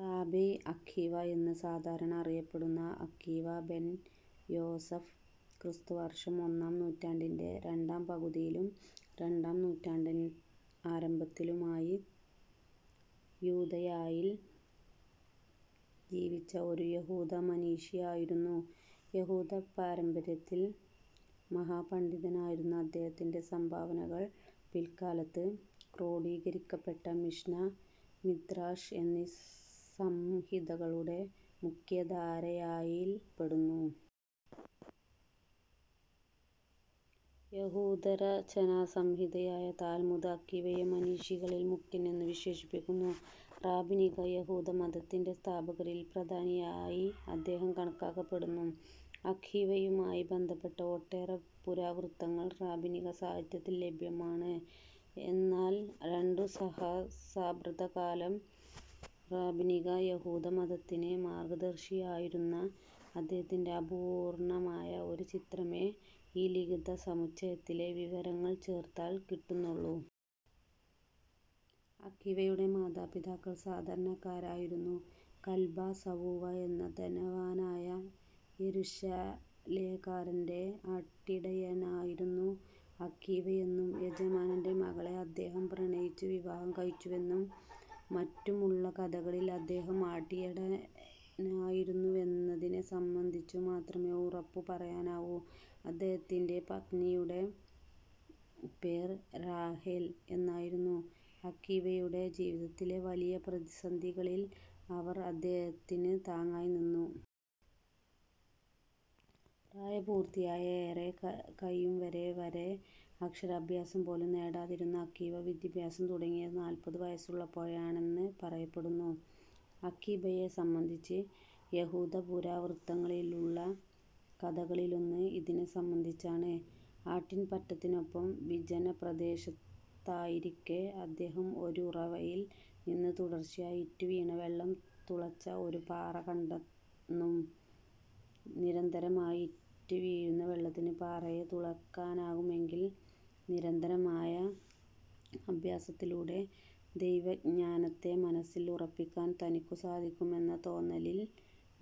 റാബൈ അഖീവ എന്ന് സാധാരണ അറിയപ്പെടുന്ന അഖീവ ബെൻ യോസെഫ് ക്രിസ്തുവർഷം ഒന്നാം നൂറ്റാണ്ടിന്റെ രണ്ടാം പകുതിയിലും രണ്ടാം നൂറ്റാണ്ട് ആരംഭത്തിലുമായി യൂദയായിൽ ജീവിച്ച ഒരു യഹൂദ മനീഷി ആയിരുന്നു. യഹൂദപാരമ്പര്യത്തിൽ മഹാപണ്ഡിതനായിരുന്ന അദ്ദേഹത്തിന്റെ സംഭാവനകൾ പിൽക്കാലത്ത് ക്രോഡീകരിക്കപ്പെട്ട മിഷ്നാ, മിദ്രാശ് എന്നീ സംഹിതകളുടെ മുഖ്യധാരയായിൽ പെടുന്നു. യഹൂദരചനാസംഹിതയായ താൽമുദ് അഖീവയെ മനീഷികളിൽ മുഖ്യൻ എന്നു വിശേഷിപ്പിക്കുന്നു. റാബിനിക യഹൂദമതത്തിന്റെ സ്ഥാപകരിൽ പ്രധാനിയായി അദ്ദേഹം കണക്കാക്കപ്പെടുന്നു. അഖീവയുമായി ബന്ധപ്പെട്ട ഒട്ടേറെ പുരാവൃത്തങ്ങൾ റാബിനിക സാഹിത്യത്തിൽ ലഭ്യമാണ്. എന്നാൽ രണ്ടുസഹസ്രാബ്ദക്കാലം റാബിനിക യഹൂദമതത്തിന് മാർഗദർശിയായിരുന്ന അദ്ദേഹത്തിന്റെ അപൂർണ്ണമായ ഒരു ചിത്രമേ ഈ ലിഖിതസമുച്ചയത്തിലെ വിവരങ്ങൾ ചേർത്താൽ കിട്ടുന്നുള്ളു. അഖീവയുടെ മാതാപിതാക്കൾ സാധാരണക്കാരായിരുന്നു. കൽബാ സവുവാ എന്ന ധനവാനായ യെരുശലേകാരന്റെ ആട്ടിടയനായിരുന്നു അഖീവയെന്നും യജമാനന്റെ മകളെ അദ്ദേഹം പ്രണയിച്ചു വിവാഹം കഴിച്ചുവെന്നും മറ്റുമുള്ള കഥകളിൽ അദ്ദേഹം ആട്ടിടയനായിരുന്നുവെന്നതിനെ സംബന്ധിച്ചു മാത്രമേ ഉറപ്പു പറയാനാവൂ. അദ്ദേഹത്തിന്റെ പത്നിയുടെ പേർ റാഹേൽ എന്നായിരുന്നു. അഖീവയുടെ ജീവിതത്തിലെ വലിയ പ്രതിസന്ധികളിൽ അവൾ അദ്ദേഹത്തിന് താങ്ങായി നിന്നു. പ്രായപൂർത്തിയായി ഏറെക്കഴിയുംവരെ വരെ അക്ഷരാഭ്യാസം പോലും നേടാതിരുന്ന അഖീവ വിദ്യാഭ്യാസം തുടങ്ങിയത് നാല്പതു വയസ്സുള്ളപ്പോഴാണെന്ന് പറയപ്പെടുന്നു. അഖീബയെ സംബന്ധിച്ച് യഹൂദപുരാവൃത്തങ്ങളിലുള്ള കഥകളിലൊന്ന് ഇതിനെ സംബന്ധിച്ചാണ്. അട്ടിൻപറ്റത്തിനൊപ്പം വിജനപ്രദേശത്തായിരിക്കെ അദ്ദേഹം ഒരുറവയിൽ നിന്ന് തുടർച്ചയായി ഇറ്റുവീണ വെള്ളം തുളച്ച ഒരു പാറ കണ്ടെന്നും, നിരന്തരമായി ഇറ്റുവീഴുന്ന വെള്ളത്തിന് പാറയെ തുളയ്ക്കാനാകുമെങ്കിൽ നിരന്തരമായ അഭ്യാസത്തിലൂടെ ദൈവജ്ഞാനത്തെ മനസ്സിൽ ഉറപ്പിക്കാൻ തനിക്കും സാധിക്കുമെന്ന തോന്നലിൽ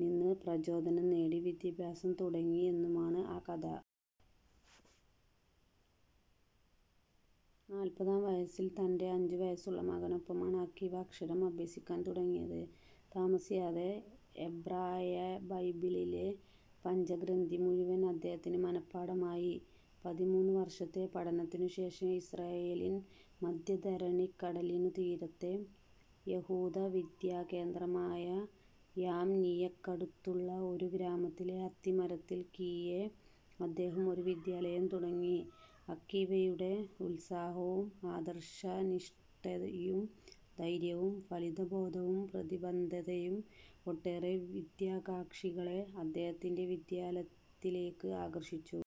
നിന്ന് പ്രചോദനം നേടി വിദ്യാഭ്യാസം തുടങ്ങി എന്നുമാണ് ആ കഥ. നാല്പതാം വയസ്സിൽ തന്റെ അഞ്ചുവയസ്സുള്ള മകനൊപ്പമാണ് അഖീവ അക്ഷരം അഭ്യസിക്കാൻ തുടങ്ങിയത്. താമസിയാതെ എബ്രായബൈബിളിലെ പഞ്ചഗ്രന്ഥിമുഴുവൻ അദ്ദേഹത്തിന് മന:പാഠമായി. പതിമൂന്നു വർഷത്തെ പഠനത്തിനു ശേഷം ഇസ്രായേലിൽ മദ്ധ്യധരണിക്കടലിനു തീരത്തെ യഹൂദവിദ്യാകേന്ദ്രമായ യാംനിയക്കടുത്തുള്ള ഒരു ഗ്രാമത്തിലെ അത്തിമരത്തിൻ കീഴെ അദ്ദേഹം ഒരു വിദ്യാലയം തുടങ്ങി. അഖീവയുടെ ഉത്സാഹവും, ആദർശനിഷ്ടയും, ധൈര്യവും, ഫലിതബോധവും, പ്രതിബദ്ധതയും ഒട്ടേറെ വിദ്യാകാക്ഷികളെ അദ്ദേഹത്തിന്റെ വിദ്യാലയത്തിലേയ്ക്ക് ആകർഷിച്ചു.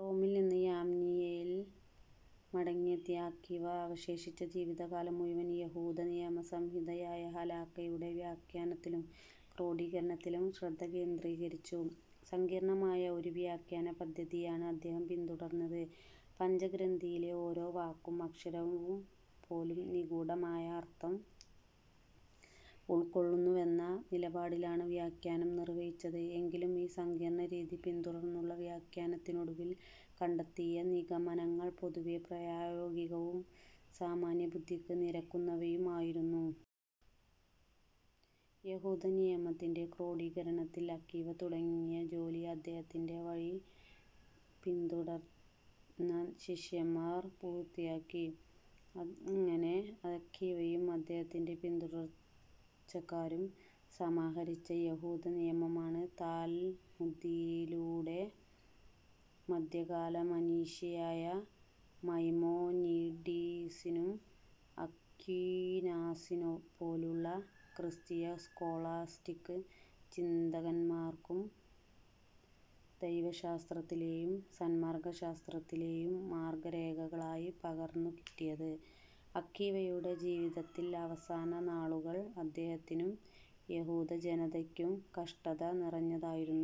റോമിൽ നിന്ന് യാംനിയയിൽ മടങ്ങിയെത്തിയ അഖീവ, അവശേഷിച്ച ജീവിതകാലം മുഴുവൻ യഹൂദനിയമസംഹിതയായ ഹലാഖായുടെ വ്യാഖ്യാനത്തിലും ക്രോഡീകരണത്തിലും ശ്രദ്ധകേന്ദ്രീകരിച്ചു. സങ്കീർണ്ണമായ ഒരു വ്യാഖ്യാനപദ്ധതിയാണ് അദ്ദേഹം പിന്തുടർന്നത്. പഞ്ചഗ്രന്ഥിയിലെ ഓരോ വാക്കും, അക്ഷരവും പോലും നിഗൂഢമായ അർത്ഥം ഉൾക്കൊള്ളുന്നുവെന്ന നിലപാടിലാണ് വ്യാഖ്യാനം നിർവഹിച്ചത്. എങ്കിലും ഈ സങ്കീർണ്ണരീതി പിന്തുടർന്നുള്ള വ്യാഖ്യാനത്തിനൊടുവിൽ കണ്ടെത്തിയ നിഗമനങ്ങൾ പൊതുവേ പ്രായോഗികവും സാമാന്യബുദ്ധിക്ക് നിരക്കുന്നവയും ആയിരുന്നു. യഹൂദനിയമത്തിന്റെ ക്രോഡീകരണത്തിൽ അഖീവ തുടങ്ങിയ ജോലി, അദ്ദേഹത്തിന്റെ വഴി പിന്തുടർന്ന ശിഷ്യന്മാർ പൂർത്തിയാക്കി. അങ്ങനെ അഖീവയും അദ്ദേഹത്തിന്റെ പിന്തുടർച്ചക്കാരും സമാഹരിച്ച യഹൂദനിയമമാണ്, താൽമുദിലൂടെ മദ്ധ്യകാലമനീഷിയായ മൈമോനിഡിസിനും അക്വീനാസിനെപ്പോലുള്ള ക്രിസ്തീയ സ്കോളാസ്റ്റിക് ചിന്തകന്മാർക്കും ദൈവശാസ്ത്രത്തിലേയും സന്മാർഗ്ഗശാസ്ത്രത്തിലേയും മാർഗ്ഗരേഖകളായി പകർന്നുകിട്ടിയത്. അഖീവയുടെ ജീവിതത്തിന്റെ അവസാനനാളുകൾ അദ്ദേഹത്തിനും യഹൂദജനതയ്ക്കും കഷ്ടത നിറഞ്ഞതായിരുന്നു.